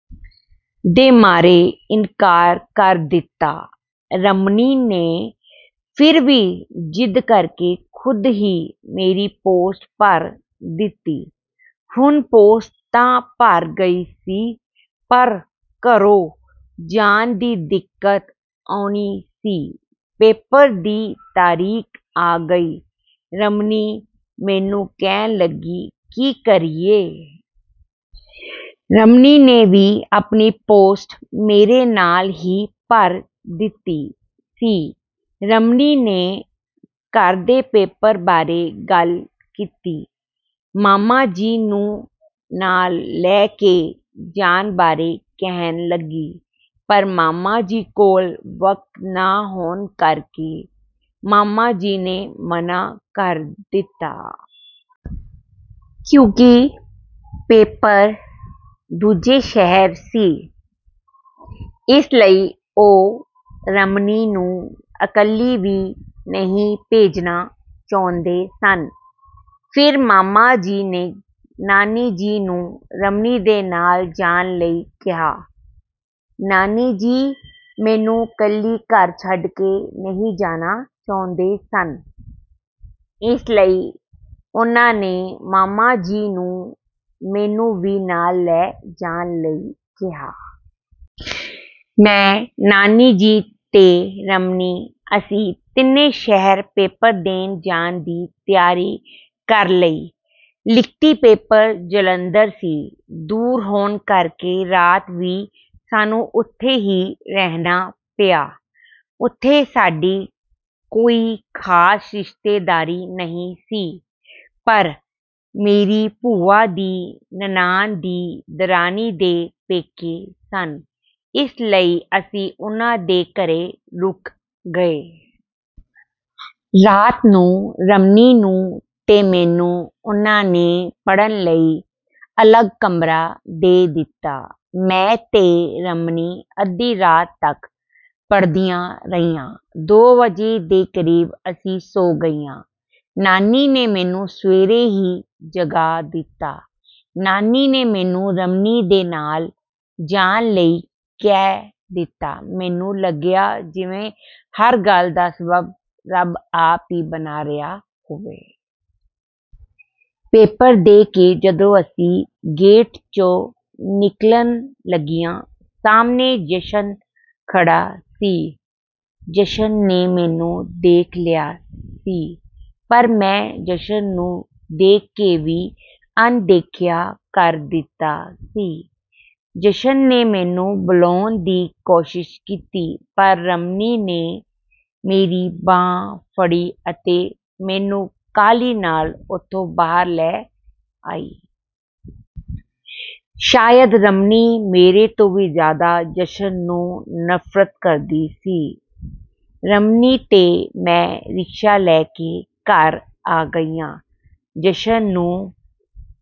ਦੇ ਮਾਰੇ ਇਨਕਾਰ ਕਰ ਦਿੱਤਾ, ਰਮਨੀ ਨੇ ਫਿਰ ਵੀ ਜ਼ਿੱਦ ਕਰਕੇ ਖੁਦ ਹੀ ਮੇਰੀ ਪੋਸਟ ਭਰ ਦਿੱਤੀ, ਹੁਣ ਪੋਸਟ ਤਾਂ ਭਰ ਗਈ ਸੀ ਪਰ ਘਰੋਂ ਜਾਣ ਦੀ ਦਿੱਕਤ ਆਉਣੀ ਸੀ ਪੇਪਰ ਦੀ ਤਰੀਕ ਆ ਗਈ, ਰਮਨੀ ਮੈਨੂੰ ਕਹਿਣ ਲੱਗੀ ਕੀ ਕਰੀਏ? ਰਮਨੀ ਨੇ ਵੀ ਆਪਣੀ ਪੋਸਟ ਮੇਰੇ ਨਾਲ ਹੀ ਭਰ ਦਿੱਤੀ ਸੀ, ਰਮਨੀ ਨੇ ਘਰ ਦੇ ਪੇਪਰ ਬਾਰੇ ਗੱਲ ਕੀਤੀ, ਮਾਮਾ ਜੀ ਨੂੰ ਨਾਲ ਲੈਕੇ ਜਾਣ ਬਾਰੇ ਕਹਿਣ ਲੱਗੀ, ਪਰ ਮਾਮਾ ਜੀ ਕੋਲ ਵਕਤ ਨਾ ਹੋਣ ਕਰਕੇ ਮਾਮਾ ਜੀ ਨੇ ਮਨਾ ਕਰ ਦਿੱਤਾ। ਕਿਉਂਕਿ ਪੇਪਰ ਦੂਜੇ ਸ਼ਹਿਰ ਸੀ, ਇਸ ਲਈ ਉਹ ਰਮਨੀ ਨੂੰ ਇਕੱਲੀ ਵੀ ਨਹੀਂ ਭੇਜਣਾ ਚਾਹੁੰਦੇ ਸਨ। ਫਿਰ ਮਾਮਾ ਜੀ ਨੇ ਨਾਨੀ ਜੀ ਨੂੰ ਰਮਨੀ ਦੇ ਨਾਲ ਜਾਣ ਲਈ ਕਿਹਾ। ਨਾਨੀ ਜੀ ਮੈਨੂੰ ਇਕੱਲੀ ਘਰ ਛੱਡ ਕੇ ਨਹੀਂ ਜਾਣਾ ਚਾਹੁੰਦੇ ਸਨ, ਇਸ ਲਈ ਉਨ੍ਹਾਂ ਨੇ ਮਾਮਾ ਜੀ ਨੂੰ ਮੈਨੂੰ ਵੀ ਨਾਲ ਲੈ ਜਾਣ ਲਈ ਕਿਹਾ। ਮੈਂ ਨਾਨੀ ਜੀ ਤੇ ਰਮਨੀ ਅਸੀਂ ਤਿੰਨੇ ਸ਼ਹਿਰ ਪੇਪਰ ਦੇਣ ਜਾਣ ਦੀ ਤਿਆਰੀ ਕਰ ਲਈ। ਲਿਖਤੀ ਪੇਪਰ ਜਲੰਧਰ ਸੀ, ਦੂਰ ਹੋਣ ਕਰਕੇ ਰਾਤ ਵੀ ਸਾਨੂੰ ਉੱਥੇ ਹੀ ਰਹਿਣਾ ਪਿਆ, ਉੱਥੇ ਸਾਡੀ ਕੋਈ ਖ਼ਾਸ ਰਿਸ਼ਤੇਦਾਰੀ ਨਹੀਂ ਸੀ, ਪਰ ਮੇਰੀ ਭੂਆ ਦੀ ਨਨਾਣ ਦੀ ਦਰਾਣੀ ਦੇ ਪੇਕੇ ਸਨ, ਇਸ ਲਈ ਅਸੀਂ ਉਨ੍ਹਾਂ ਦੇ ਘਰੇ ਰੁਕ ਗਏ। ਰਾਤ ਨੂੰ ਰਮਨੀ ਨੂੰ ਤੇ ਮੈਨੂੰ ਉਹਨਾਂ ਨੇ ਪੜਨ ਲਈ ਅਲੱਗ ਕਮਰਾ ਦੇ ਦਿੱਤਾ, ਮੈਂ ਤੇ ਰਮਨੀ ਅੱਧੀ ਰਾਤ ਤੱਕ ਪੜਦੀਆਂ ਰਹੀਆਂ, ਦੋ ਵਜੇ ਦੇ ਕਰੀਬ ਅਸੀਂ ਸੌਂ ਗਈਆਂ। ਨਾਨੀ ਨੇ ਸਾਨੂੰ ਸਵੇਰੇ ਹੀ ਜਗਾ ਦਿੱਤਾ, ਨਾਨੀ ਨੇ ਮੈਨੂੰ ਰਮਨੀ ਨਾਲ ਜਾਣ ਲਈ ਕਹਿ ਦਿੱਤਾ, ਮੈਨੂੰ ਲੱਗਿਆ ਜਿਵੇਂ ਹਰ ਗੱਲ ਦਾ ਸਬੱਬ ਰੱਬ ਆਪ ਹੀ ਬਣਾ ਰਿਹਾ ਹੋਵੇ। ਪੇਪਰ ਦੇ ਕੇ ਜਦੋਂ ਅਸੀਂ ਗੇਟ ਚੋਂ ਨਿਕਲਣ ਲੱਗੀਆਂ, ਸਾਹਮਣੇ ਜਸ਼ਨ ਖੜਾ ਸੀ, ਜਸ਼ਨ ਨੇ ਮੈਨੂੰ ਦੇਖ ਲਿਆ ਸੀ ਪਰ ਮੈਂ ਜਸ਼ਨ ਨੂੰ ਦੇਖ ਕੇ ਵੀ ਅਣਦੇਖਿਆ ਕਰ ਦਿੱਤਾ ਸੀ, ਜਸ਼ਨ ਨੇ ਮੈਨੂੰ ਬੁਲਾਉਣ ਦੀ ਕੋਸ਼ਿਸ਼ ਕੀਤੀ ਪਰ ਰਮਨੀ ਨੇ ਮੇਰੀ ਬਾਂਹ ਫੜੀ ਅਤੇ ਮੈਨੂੰ ਕਾਹਲੀ ਨਾਲ ਉੱਥੋਂ ਬਾਹਰ ਲੈ ਆਈ। ਸ਼ਾਇਦ ਰਮਨੀ ਮੇਰੇ ਤੋਂ ਵੀ ਜ਼ਿਆਦਾ ਜਸ਼ਨ ਨੂੰ ਨਫ਼ਰਤ ਕਰਦੀ ਸੀ, ਰਮਨੀ ਤੇ ਮੈਂ ਰਿਕਸ਼ਾ ਲੈਂ ਕੇ ਘਰ ਆ ਗਈਆਂ। ਜਸ਼ਨ ਨੂੰ